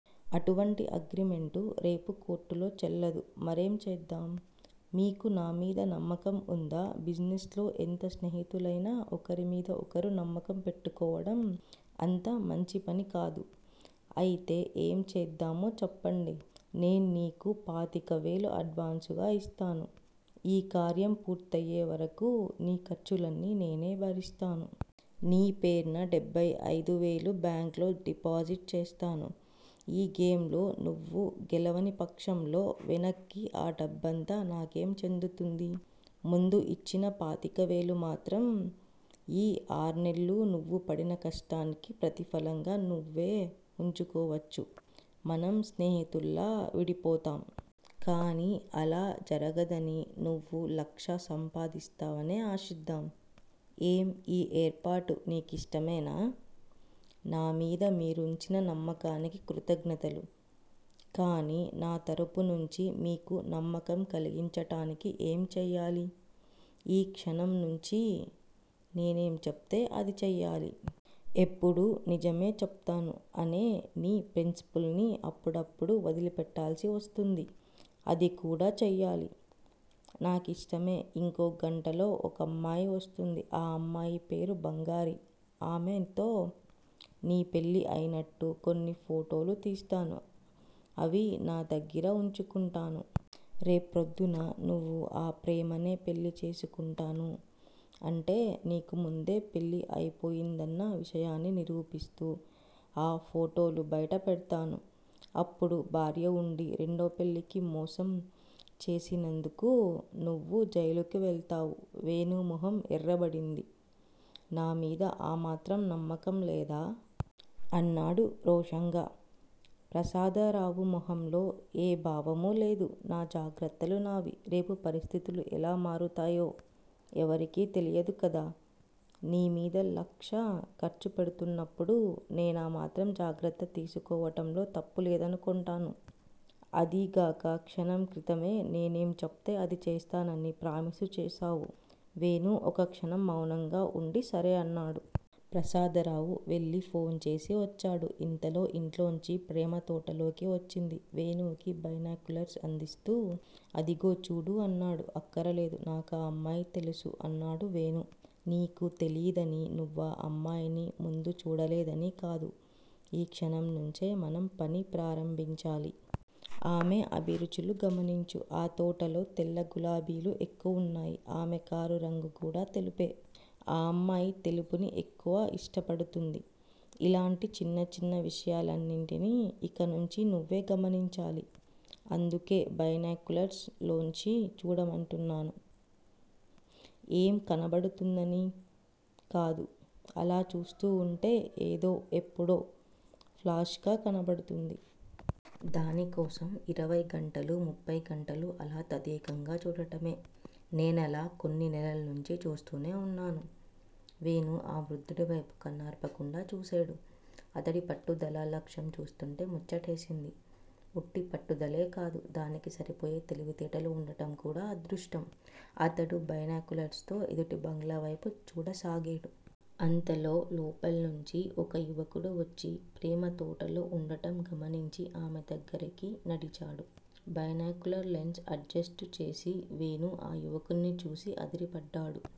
అటువంటి అగ్రిమెంటు రేపు కోర్టులో చెల్లదు. మరేం చేద్దాం? మీకు నా మీద నమ్మకం వుందా? బిజినెస్ లో ఎంత స్నేహితులైనా ఒకరిమీద ఒకరు నమ్మకం పెట్టుకోవడం అంత మంచిపని కాదు. అయితే ఏం చేద్దామో చెప్పండి! నేన్నీకు పాతికవేలు అడ్వాన్సుగా ఇస్తాను. ఈ కార్యం పూర్తయ్యేవరకూ నీ ఖర్చులన్నీ నేనే భరిస్తాను. నీ పేర్న డెబ్భై అయిదువేలు బ్యాంకులో డిపాజిట్ చేస్తాను. ఈ గేమ్ లో నువ్వు గెలవని పక్షంలో వెనక్కి ఆ డబ్బంతా నాకే చెందుతుంది. ముందు ఇచ్చిన పాతికవేలు మాత్రం ఈ ఆర్నెల్లు నువ్వు పడిన కష్టానికి ప్రతిఫలంగా నువ్వే వుంచుకోవచ్చు. మనం స్నేహితుల్లా విడిపోతాం. కానీ అలా జరగదనీ, నువ్వు లక్షా సంపాదిస్తావనే ఆశిద్దాం. ఏం, ఈ ఏర్పాటు నీ కిష్టమేనా? నా మీద మీరుంచిన నమ్మకానికి కృతజ్ఞతలు. కానీ నా తరపు నుంచి మీకు నమ్మకం కలిగించటానికి ఏం చెయ్యాలి? ఈ క్షణం నుంచీ నేనేం చెప్తే అది చెయ్యాలి. ఎప్పుడూ నిజమే చెప్తాను అనే నీ ప్రిన్సిపుల్ ని అప్పుడప్పుడు వదిలిపెట్టాల్సి వస్తుంది అది కూడా చెయ్యాలి. నా కిష్టమే ఇంకో గంటలో ఒకమ్మాయి వస్తుంది. ఆ అమ్మాయి పేరు బంగారి. ఆమెతో నీ పెళ్ళి అయినట్టు కొన్ని ఫోటోలు తీస్తాను. అవి నా దగ్గిర వుంచుకుంటాను. రేప్రొద్దున్న నువ్వు ఆ ప్రేమనే పెళ్ళి చేసుకొంటానూ- అంటే నీకు ముందే పెళ్ళి అయిపోయిందన్న విషయాన్ని నిరూపిస్తూ, ఆ ఫోటోలు బైట పెడ్తాను. అప్పుడు భార్య వుండీ రెండో పెళ్ళికి మోసం చేసినందుకు నువ్వు జైలుకి వెళ్తావు వేణు మొహం ఎర్రబడింది. నా మీద ఆ మాత్రం నమ్మకం లేదా? అన్నాడు రోషంగా. ప్రసాదరావు మొహంలో ఏ భావమూ లేదు. నా జాగ్రత్తలు నావి. రేపు పరిస్థితులు ఎలా మారతాయో ఎవరికీ తెలియదు కదా! నీ మీద లక్ష ఖర్చు పెడుతున్నప్పుడు నేనా మాత్రం జాగ్రత్త తీసుకోవటంలో తప్పులేదనుకొంటాను. అదీగాక క్షణం క్రితమే నేనేం చెప్తే అది చేస్తానని ప్రామిస్ చేశావు వేణు ఒక క్షణం మౌనంగా వుండి, సరే అన్నాడు. ప్రసాదరావు వెళ్ళి ఫోన్ చేసి వచ్చాడు. ఇంతలో ఇంట్లోంచి ప్రేమ తోటలోకి వచ్చింది. వేణుకి బైనాక్యులర్స్ అందిస్తూ, అదిగో చూడు అన్నాడు. అక్కరలేదు, నాకా అమ్మాయి తెలుసు అన్నాడు వేణు. నీకు తెలీదనీ, నువ్వా అమ్మాయిని ముందు చూడలేదనీ కాదు. ఈ క్షణంనుంచే మనం పని ప్రారంభించాలి. ఆమె అభిరుచులు గమనించు. ఆ తోటలో తెల్ల గులాబీలు ఎక్కువున్నాయి. ఆమె కారు రంగు కూడా తెలుపే. ఆ అమ్మాయి తెలుపుని ఎక్కువ ఇష్టపడుతుంది. ఇలాంటి చిన్న చిన్న విషయాలన్నిటినీ ఇక నుంచి నువ్వే గమనించాలి. అందుకే బైనాక్యులర్స్ లోంచి చూడమంటున్నాను. ఏం కనబడుతుందని కాదు_ అలా చూస్తూ వుంటే ఏదో ఎప్పుడో ప్లాష్గా కనబడుతుంది. దానికోసం ఇరవై గంటలు_ ముప్పై గంటలు అలా తదేకంగా చూడటమే. నేనలా కొన్ని నెలల్నుంచీ చూస్తూనే వున్నాను. వేణూ ఆ వృద్ధుడివైపు కన్నార్పకుండా చూసేడు. అతడి పట్టుదలా, లక్ష్యం చూస్తూంటే ముచ్చటేసింది. ఉట్టి పట్టుదలేకాదు, దానికి సరిపోయే తెలివితేటలు వుండటం కూడా అదృష్టం. అతడు బైనాక్యులర్స్ తో ఎదుటి బంగ్లావైపు చూడసాగేడు. అంతలో లోపల్నుంచి ఒక యువకుడు వచ్చి ప్రేమ తోటలో వుండటం గమనించి ఆమె దగ్గరికి నడిచాడు. బైనాక్యులర్ లెన్స్ అడ్జెస్టు చేసి వేణు ఆ యువకుడ్ని చూసి అదిరిపడ్డాడు.